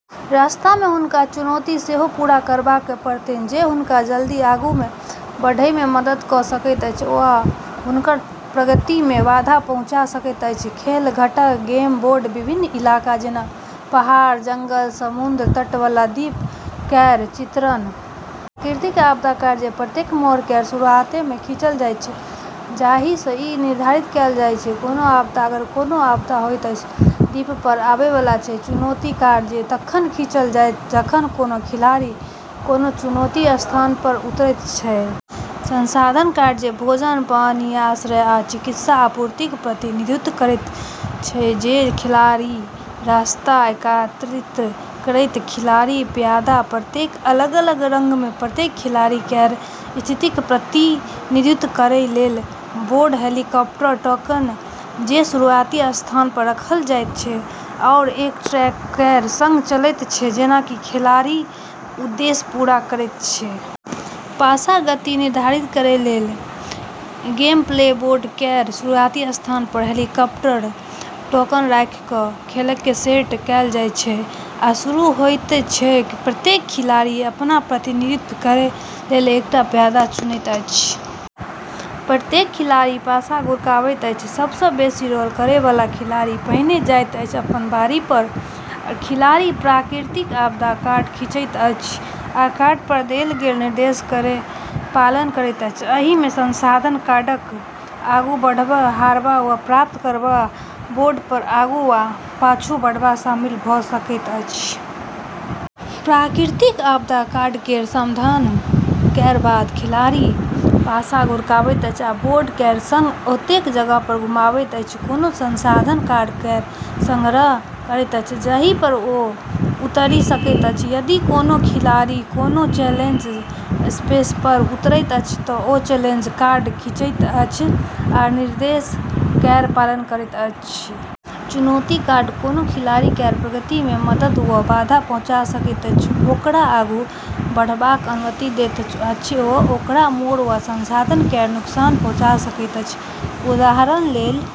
रास्तामे हुनका चुनौती सेहो पूरा करबाक पड़तनि जे हुनका जल्दी आगू बढ़ैमे मदद कऽ सकैत अछि वा हुनकर प्रगतिमे बाधा पहुँचा सकैत अछि। खेल घटक गेम बोर्ड विभिन्न इलाका जेना पहाड़ जंगल समुद्र तट वाला द्वीप केर चित्रण। प्राकृतिक आपदा कार्ड जे प्रत्येक मोड़ केर शुरुआतमे खींचल जाइत छै जाहिसँ ई निर्धारित कएल जाय जे कोन आपदा अगर कोनो आपदा होइत अछि द्वीपपर आबैवाला छै। चुनौती कार्ड जे तखन खींचल जायत जखन कोनो खिलाड़ी कोनो चुनौती स्थानपर उतरैत छै। संसाधन कार्ड जे भोजन पानी आश्रय आ चिकित्सा आपूर्तिक प्रतिनिधित्व करैत छै जे खिलाड़ी रास्तामे एकत्रित करैत छै। खिलाड़ी प्यादा प्रत्येक अलग अलग रंगमे प्रत्येक खिलाड़ी केर स्थितिक प्रतिनिधित्व करै लेल। बोर्ड हेलीकॉप्टर टोकन जे शुरुआती स्थानपर रखल जाइत छै आओर एक ट्रैक केर संग चलैत छै जेना कि खिलाड़ी उद्देश्य पूरा करैत छै। पासा गति निर्धारित करै लेल। गेमप्ले बोर्ड केर शुरुआती स्थानपर हेलीकॉप्टर टोकन राखि कऽ खेलकेँ सेट कएल जाइत छै आ शुरू होइत छै। प्रत्येक खिलाड़ी अपन प्रतिनिधित्व करै लेल एकटा प्यादा चुनैत अछि। प्रत्येक खिलाड़ी पासा गुड़कबैत अछि सबसँ बेसी रोल करैवाला खिलाड़ी पहिने जाइत अछि। अपन बारीपर खिलाड़ी प्राकृतिक आपदा कार्ड खींचैत अछि आ कार्डपर देल गेल निर्देश केर पालन करैत अछि। एहिमे संसाधन कार्डकेँ आगू बढ़ब हारब वा प्राप्त करब वा बोर्डपर आगू वा पाछू बढ़ब शामिल भऽ सकैत अछि। प्राकृतिक आपदा कार्ड केर समाधान केर बाद खिलाड़ी पासा गुड़कबैत अछि आ बोर्ड केर संग ओतेक जगहपर घुमाबैत अछि कोनो संसाधन कार्ड केर संग्रह करैत अछि जाहिपर ओ उतरि सकैत अछि। यदि कोनो खिलाड़ी कोनो चैलेंज स्पेसपर उतरैत अछि तऽ ओ चैलेंज कार्ड खींचैत अछि आ निर्देश केर पालन करैत अछि। चुनौती कार्ड कोनो खिलाड़ी केर प्रगतिमे मदद वा बाधा पहुँचा सकैत अछि ओकरा आगू बढ़बाक अनुमति दैत अछि वा ओकरा मोड़ वा संसाधन केर नुकसान पहुँचा सकैत अछि उदाहरण लेल।